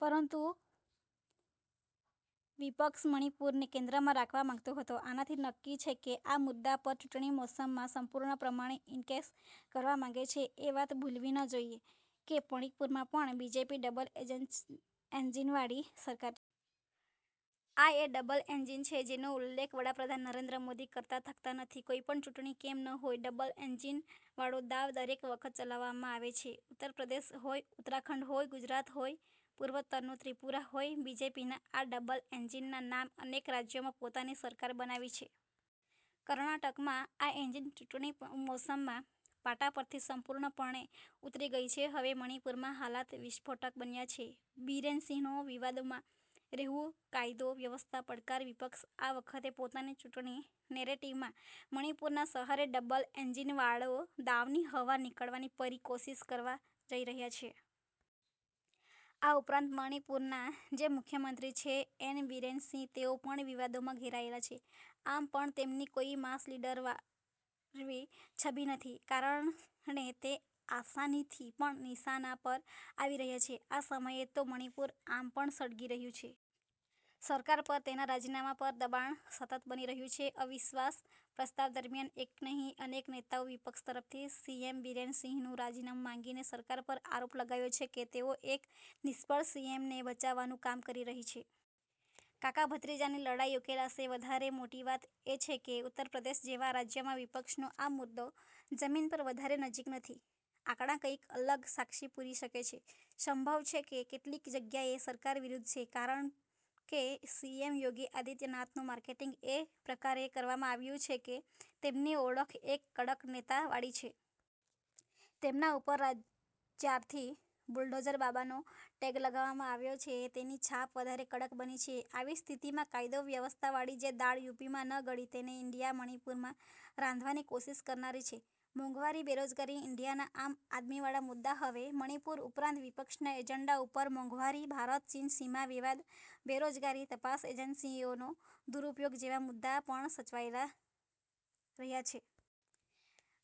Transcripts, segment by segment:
પરંતુ વિપક્ષ મણિપુરને કેન્દ્રમાં રાખવા માંગતો હતો. આનાથી નક્કી છે કે આ મુદ્દા પર ચૂંટણી મૌસમમાં સપૂર્ણ પ્રમાણે ઇનકેસ કરવા માંગે છે. એ વાત ભૂલવી ન જોઈએ કે મણિપુરમાં પણ બીજેપી ડબલ એન્જીનવાળી સરકાર છે. આ એ ડબલ એન્જીન છે જેનો ઉલ્લેખ વડાપ્રધાન નરેન્દ્ર મોદી કરતા થાકતા નથી. કોઈપણ ચૂંટણી કેમ ન હોય, ડબલ એન્જીનવાળો દાવ દરેક વખત ચલાવવામાં આવે છે. ઉત્તર પ્રદેશ હોય, ઉત્તરાખંડ હોય, ગુજરાત હોય, પૂર્વોત્તરનું ત્રિપુરા હોય, બીજેપીના આ ડબલ એન્જીનના નામ અનેક રાજ્યોમાં પોતાની સરકાર બનાવી છે. કર્ણાટકમાં આ એન્જીન ચૂંટણી મોસમમાં પાટા પરથી સંપુર્ણ પણે ઉતરી ગઈ છે. હવે મણિપુરમાં હાલાત વિસ્ફોટક બન્યા છે. બીરેન સિંહનો વિવાદોમાં રહેવું, કાયદો વ્યવસ્થા પડકાર વિપક્ષ આ વખતે પોતાની ચૂંટણી નેરેટિવમાં મણિપુરના સહારે ડબલ એન્જીનવાળો દાવની હવા નીકળવાની પરી કોશિશ કરવા જઈ રહ્યા છે. આ ઉપરાંત મણિપુરના જે મુખ્યમંત્રી છે એન બીરેન સિંહ તેઓ પણ વિવાદોમાં ઘેરાયેલા છે. આમ પણ તેમની કોઈ માસ લીડરવાી છબી નથી. આ કારણે તે આસાનીથી પણ નિશાના પર આવી રહ્યા છે. આ સમયે તો મણિપુર આમ પણ સળગી રહ્યું છે. સરકાર પર તેના રાજીનામા પર દબાણ સતત બની રહ્યું છે. અવિશ્વાસ પ્રસ્તાવ દરમિયાન એક નહીં અનેક નેતાઓ વિપક્ષ તરફથી સીએમ બીરેન સિંહનું રાજીનામું માંગીને સરકાર પર આરોપ લગાવ્યો છે કે તેઓ એક નિષ્ફળ સીએમને બચાવવાનું કામ કરી રહી છે. કાકા-ભત્રીજાની લડાઈ ઉકેલાશે? વધારે મોટી વાત એ છે કે ઉત્તર પ્રદેશ જેવા રાજ્યમાં વિપક્ષનો આ મુદ્દો જમીન પર વધારે નજીક નથી. આંકડા કંઇક અલગ સાક્ષી પુરી શકે છે. સંભવ છે કે કેટલીક જગ્યાએ સરકાર વિરુદ્ધ છે કારણ કે સીએમ યોગી આદિત્યનાથનું માર્કેટિંગ એ પ્રકારે કરવામાં આવ્યું છે કે તેમની ઓળખ એક કડક નેતા વાળી છે. તેમના ઉપર જ્યારથી બુલડોઝર બાબાનો ટેગ લગાવવામાં આવ્યો છે. તેની છાપ વધારે કડક બની છે. આવી સ્થિતિમાં કાયદો વ્યવસ્થાવાળી જે દાળ યુપીમાં ન ગળી તેને ઇન્ડિયા મણિપુરમાં રાંધવાની કોશિશ કરનારી છે. મોંઘવારી, બેરોજગારી, ઇન્ડિયાના આમ આદમીવાળા મુદ્દા હવે મણિપુર ઉપરાંત વિપક્ષના એજન્ડા ઉપર મોંઘવારી, ભારત-ચીન સીમા વિવાદ, બેરોજગારી, તપાસ એજન્સીઓનો દુરુપયોગ જેવા મુદ્દા પણ છવાયેલા રહ્યા છે.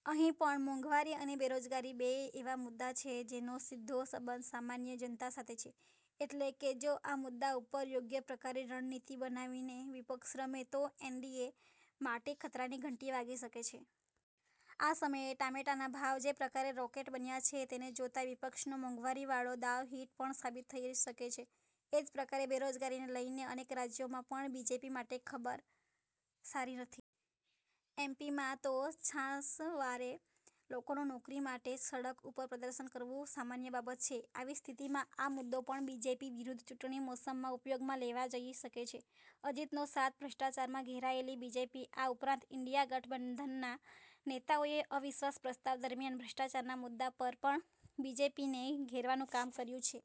અહીં પણ મોંઘવારી અને બેરોજગારી બે એવા મુદ્દા છે જેનો સીધો સંબંધ સામાન્ય જનતા સાથે છે. એટલે કે જો આ મુદ્દા ઉપર યોગ્ય પ્રકારે રણનીતિ બનાવીને વિપક્ષ રમે તો એનડીએ માટે ખતરાની ઘંટી વાગી શકે છે. આ સમયે ટામેટાના ભાવ જે પ્રકારે રોકેટ બન્યા છે. તેને જોતા વિપક્ષનો મોંઘવારીવાળો દાવ હિટ પણ સાબિત થઇ શકે છે. એ જ પ્રકારે બેરોજગારીને લઈને અનેક રાજ્યોમાં પણ બીજેપી માટે ખબર સારી નથી. એમપીમાં તો છાસવારે લોકોનું નોકરી માટે સડક ઉપર પ્રદર્શન કરવું સામાન્ય બાબત છે. આવી સ્થિતિમાં આ મુદ્દો પણ બીજેપી વિરુદ્ધ ચૂંટણી મૌસમમાં ઉપયોગમાં લેવા જઈ શકે છે. અજીતનો સાથ, ભ્રષ્ટાચારમાં ઘેરાયેલી બીજેપી આ ઉપરાંત ઇન્ડિયા ગઠબંધનના નેતાઓએ અવિશ્વાસ પ્રસ્તાવ દરમિયાન ભ્રષ્ટાચારના મુદ્દા પર પણ બીજેપીને ઘેરવાનું કામ કર્યું છે.